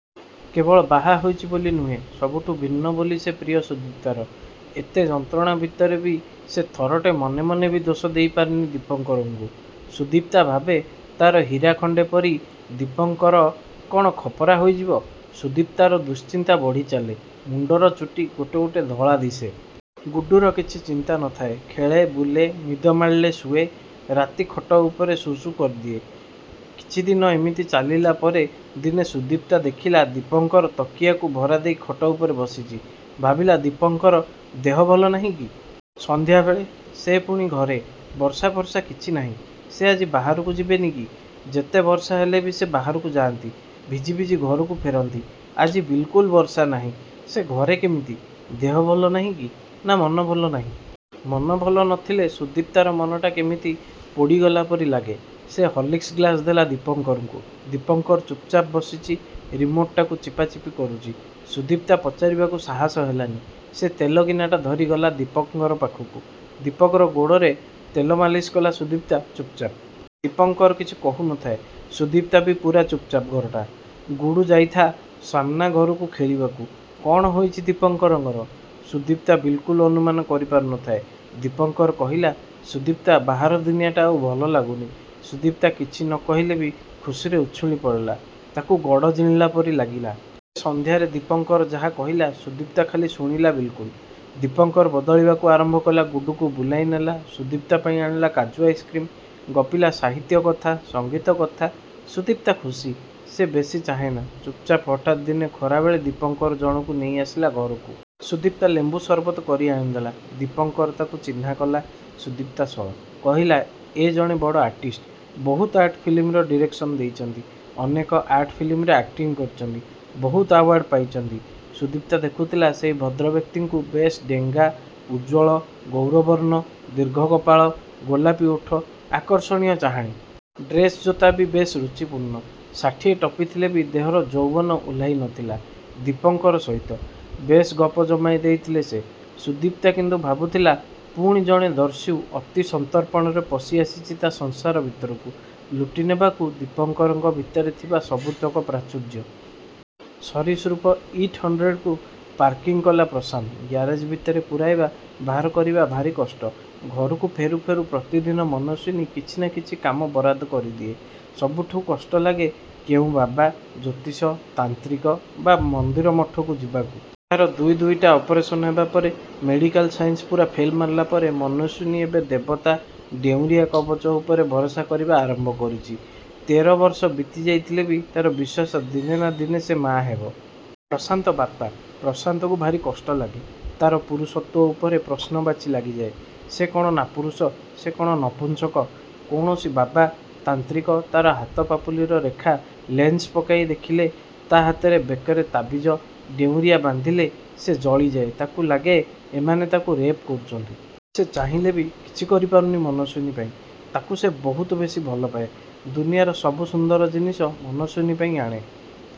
କେବଳ ବାହା ହୋଇଛି ବୋଲି ନୁହେଁ। ସବୁଠୁ ଭିନ୍ନ ବୋଲି ସେ ପ୍ରିୟ ସୁଦିପ୍ତାର। ଏତେ ଯନ୍ତ୍ରଣା ଭିତରେ ବି ସେ ଥରଟେ ମନେ ମନେ ବି ଦୋଷ ଦେଇପାରେନି ଦୀପଙ୍କରଙ୍କୁ। ସୁଦିପ୍ତା ଭାବେ ତା'ର ହୀରାଖଣ୍ଡେ ପରି ଦିପଙ୍କର କ'ଣ ଖପରା ହୋଇଯିବ। ସୁଦିପ୍ତାର ଦୁଶ୍ଚିନ୍ତା ବଢ଼ିଚାଲେ, ମୁଣ୍ଡର ଚୁଟି ଗୋଟେ ଗୋଟେ ଧଳା ଦିଶେ। ଗୁଡୁର କିଛି ଚିନ୍ତା ନ ଥାଏ ଖେଳେ ବୁଲେ, ନିଦ ମାଡ଼ିଲେ ଶୁଏ। ରାତି ଖଟ ଉପରେ ସୁସୁ କରିଦିଏ। କିଛିଦିନ ଏମିତି ଚାଲିଲା ପରେ ଦିନେ ସୁଦିପ୍ତା ଦେଖିଲା ଦୀପଙ୍କର ତକିଆକୁ ଭରାଦେଇ ଖଟ ଉପରେ ବସିଛି। ସେ ଭାବିଲା ଦୀପଙ୍କର ଦେହ ଭଲ ନାହିଁକି? ସଂଧ୍ୟାବେଳେ ସେ ପୁଣି ଘରେ ବର୍ଷାଫର୍ସା କିଛି ନାହିଁ। ସେ ଆଜି ବାହାରକୁ ଯିବେନି କି? ଯେତେ ବର୍ଷାହେଲେ ବି ସେ ବାହରକୁ ଯାଆନ୍ତି। ଭିଜି ଭିଜି ଘରକୁ ଫେରନ୍ତି। ଆଜି ବିଲକୁଲ୍ ବର୍ଷା ନାହିଁ ସେ ଘରେ କେମିତି? ଦେହ ଭଲ ନାହିଁକି? ନା ମନ ଭଲ ନାହିଁ? ମନ ଭଲ ନଥିଲେ ସୁଦିପ୍ତାର ମନଟା କେମିତି ପୋଡ଼ିଗଲା ପରି ଲାଗେ। ସେ ହଲିକ୍ସ ଗ୍ଲାସ୍ ଦେଲା ଦୀପଙ୍କରଙ୍କୁ। ଦୀପଙ୍କର ଚୁପ୍ଚାପ୍ ବସିଛି ରିମୋଟ୍ଟାକୁ ଚିପାଚିପି କରୁଛି। ସୁଦିପ୍ତା ପଚାରିବାକୁ ସାହସ ହେଲାନି। ସେ ତେଲ ଗିନାଟା ଧରି ଗଲା ଦୀପଙ୍କର ପାଖକୁ। ଦୀପକର ଗୋଡ଼ରେ ତେଲମାଲିସ କଲା ସୁଦିପ୍ତା ଚୁପଚାପ୍। ଦୀପଙ୍କର କିଛି କହୁନଥାଏ ସୁଦିପ୍ତା ବି ପୁରା ଚୁପଚାପ୍ ଘରଟା । ଗୁଡୁ ଯାଇଥା ସାମ୍ନା ଘରକୁ ଖେଳିବାକୁ। କ'ଣ ହୋଇଛି ଦୀପଙ୍କରର ସୁଦିପ୍ତା ବିଲକୁଲ୍ ଅନୁମାନ କରିପାରୁନଥାଏ। ଦୀପଙ୍କର କହଲା, ସୁଦିପ୍ତା ବାହାର ଦୁନିଆଟା ଆଉ ଭଲ ଲାଗୁନି। ସୁଦିପ୍ତା କିଛି ନ କହିଲେ ବି ଖୁସିରେ ଉଛୁଳି ପଡ଼ିଲା, ତାକୁ ଗଡ଼ ଜିଣିଲା ପରି ଲାଗିଲା। ସେ ସଂଧ୍ୟାରେ ଦୀପଙ୍କର ଯାହା କହିଲା ସୁଦିପ୍ତା ଖାଲି ଶୁଣିଲା ବିଲ୍କୁଲ୍ । ଦୀପଙ୍କର ବଦଳିବାକୁ ଆରମ୍ଭ କଲା ଗୁଡୁକୁ ବୁଲେଇ ନେଲା, ସୁଦିପ୍ତା ପାଇଁ ଆଣିଲା କାଜୁ ଆଇସ୍କ୍ରୀମ୍। ଗପିଲା ସାହିତ୍ୟ କଥା, ସଂଗୀତ କଥା। ସୁଦିପ୍ତା ଖୁସି। ସେ ବେଶୀ ଚାହେଁନା। ଚୁପଚାପ୍ ହଠାତ୍ ଦିନେ ଖରାବେଳେ ଦୀପଙ୍କର ଜଣକୁ ନେଇ ଆସିଲା ଘରକୁ। ସୁଦିପ୍ତା ଲେମ୍ବୁ ସରବତ କରି ଆଣିଦେଲା। ଦୀପଙ୍କର ତାଙ୍କୁ ଚିହ୍ନା କଲ। ସୁଦିପ୍ତା ସହ। କହିଲା, ଏ ଜଣେ ବଡ଼ ଆର୍ଟିଷ୍ଟ। ବହୁତ ଆର୍ଟ ଫିଲ୍ମର ଡିରେକ୍ସନ ଦେଇଛନ୍ତି। ଅନେକ ଆର୍ଟ ଫିଲ୍ମରେ ଆକ୍ଟିଂ କରିଛନ୍ତି। ବହୁତ ଆୱାଡ୍ ପାଇଛନ୍ତି। ସୁଦିପ୍ତା ଦେଖୁଥିଲା ସେହି ଭଦ୍ରବ୍ୟକ୍ତିଙ୍କୁ ବେଶ୍ ଡେଙ୍ଗା, ଉଜ୍ଜ୍ୱଳ ଗୌରବର୍ଣ୍ଣ ଦୀର୍ଘ କପାଳ, ଗୋଲାପି ଓଠ, ଆର୍ଷଣୀୟ ଚାହାଣୀ। ଡ୍ରେସ୍, ଜୋତା ବି ବେଶ ରୁଚିପୂର୍ଣ୍ଣ। ଷାଠିଏ ଟପିଥିଲେ ବି ଦେହର ଯୌବନ ଓହ୍ଲାଇନଥିଲା। ଦୀପଙ୍କର ସହିତ। ବେଶ୍ ଗପ ଜମାଇ ଦେଇଥିଲେ ସେ। ସୁଦିପ୍ତା କିନ୍ତୁ ଭାବୁଥିଲା ପୁଣି ଜଣେ ଦସ୍ୟୁ ଅତି ସନ୍ତର୍ପଣରେ ପଶି ଆସିଛି ତା' ସଂସାର ଭିତରକୁ। ଲୁଟି ନେବାକୁ ଦୀପଙ୍କର ଭିତରେ ଥିବା ସବୁତକ ପ୍ରାଚ୍ୟୁର୍ଯ୍ୟ। ସରୀସୃପ ଇଟ୍ ହଣ୍ଡ୍ରେଡ୍କୁ ପାର୍କିଂ କଲା ପ୍ରଶାନ୍ତ। ଗ୍ୟାରେଜ୍ ଭିତରେ ପୁରାଇବା ବାହାର କରିବା ଭାରି କଷ୍ଟ। ଘରକୁ ଫେରୁ ଫେରୁ ପ୍ରତିଦିନ ମନସ୍ୱିନୀ କିଛି ନା କିଛି କାମ ବରାଦ କରି ଦିଏ। ସବୁଠୁ କଷ୍ଟ ଲାଗେ କେଉଁ ବାବା, ଜ୍ୟୋତିଷ, ତାନ୍ତ୍ରିକ ବା ମନ୍ଦିର ମଠକୁ ଯିବାକୁ। ତା'ର ଦୁଇ ଦୁଇଟା ଅପରେସନ୍ ହେବା ପରେ, ମେଡ଼ିକାଲ ସାଇନ୍ସ ପୁରା ଫେଲ ମାରିଲାପରେ ମନସ୍ୱିନୀ ଏବେ ଦେବତା, ଡେଉଁରିଆ କବଚ ଉପରେ ଭରସା କରିବା ଆରମ୍ଭ କରିଚି। ତେର ବର୍ଷ ବିତି ଯାଇଥିଲେ ବି ତା'ର ବିଶ୍ୱାସ ଦିନେ ନା ଦିନେ ସେ ମା' ହେବ। ପ୍ରଶାନ୍ତ ବାପା। ପ୍ରଶାନ୍ତକୁ ଭାରି କଷ୍ଟ ଲାଗେ। ତା'ର ପୁରୁଷତ୍ୱ ଉପରେ ପ୍ରଶ୍ନବାଚୀ ଳାଗିଯାଏ। ସେ କ'ଣ ନାପୁରଷ, ସେ କ'ଣ ନଂପୁସକ। କୌଣସି ବାବା ତାନ୍ତ୍ରିକ ତା'ର ହାତ ପାପୁଲିର ରେଖା ଲେନ୍ସ ପକାଇ ଦେଖିଲେ, ତା' ହାତରେ, ବେକରେ ତାବିଜ, ଡେଉଁରିଆ ବାନ୍ଧିଲେ ସେ ଜଳିଯାଏ, ତାକୁ ଲାଗେ ଏମାନେ ତାକୁ ରେପ୍ କରୁଛନ୍ତି। ସେ ଚାହିଁଲେ ବି କିଛି କରିପାରୁନି ମନସ୍ୱିନୀ ପାଇଁ। ତାକୁ ସେ ବହୁତ ବେଶୀ ଭଲପାଏ। ଦୁନିଆର ସବୁ ସୁନ୍ଦର ଜିନିଷ ମନସ୍ୱିନୀ ପାଇଁ ଆଣେ।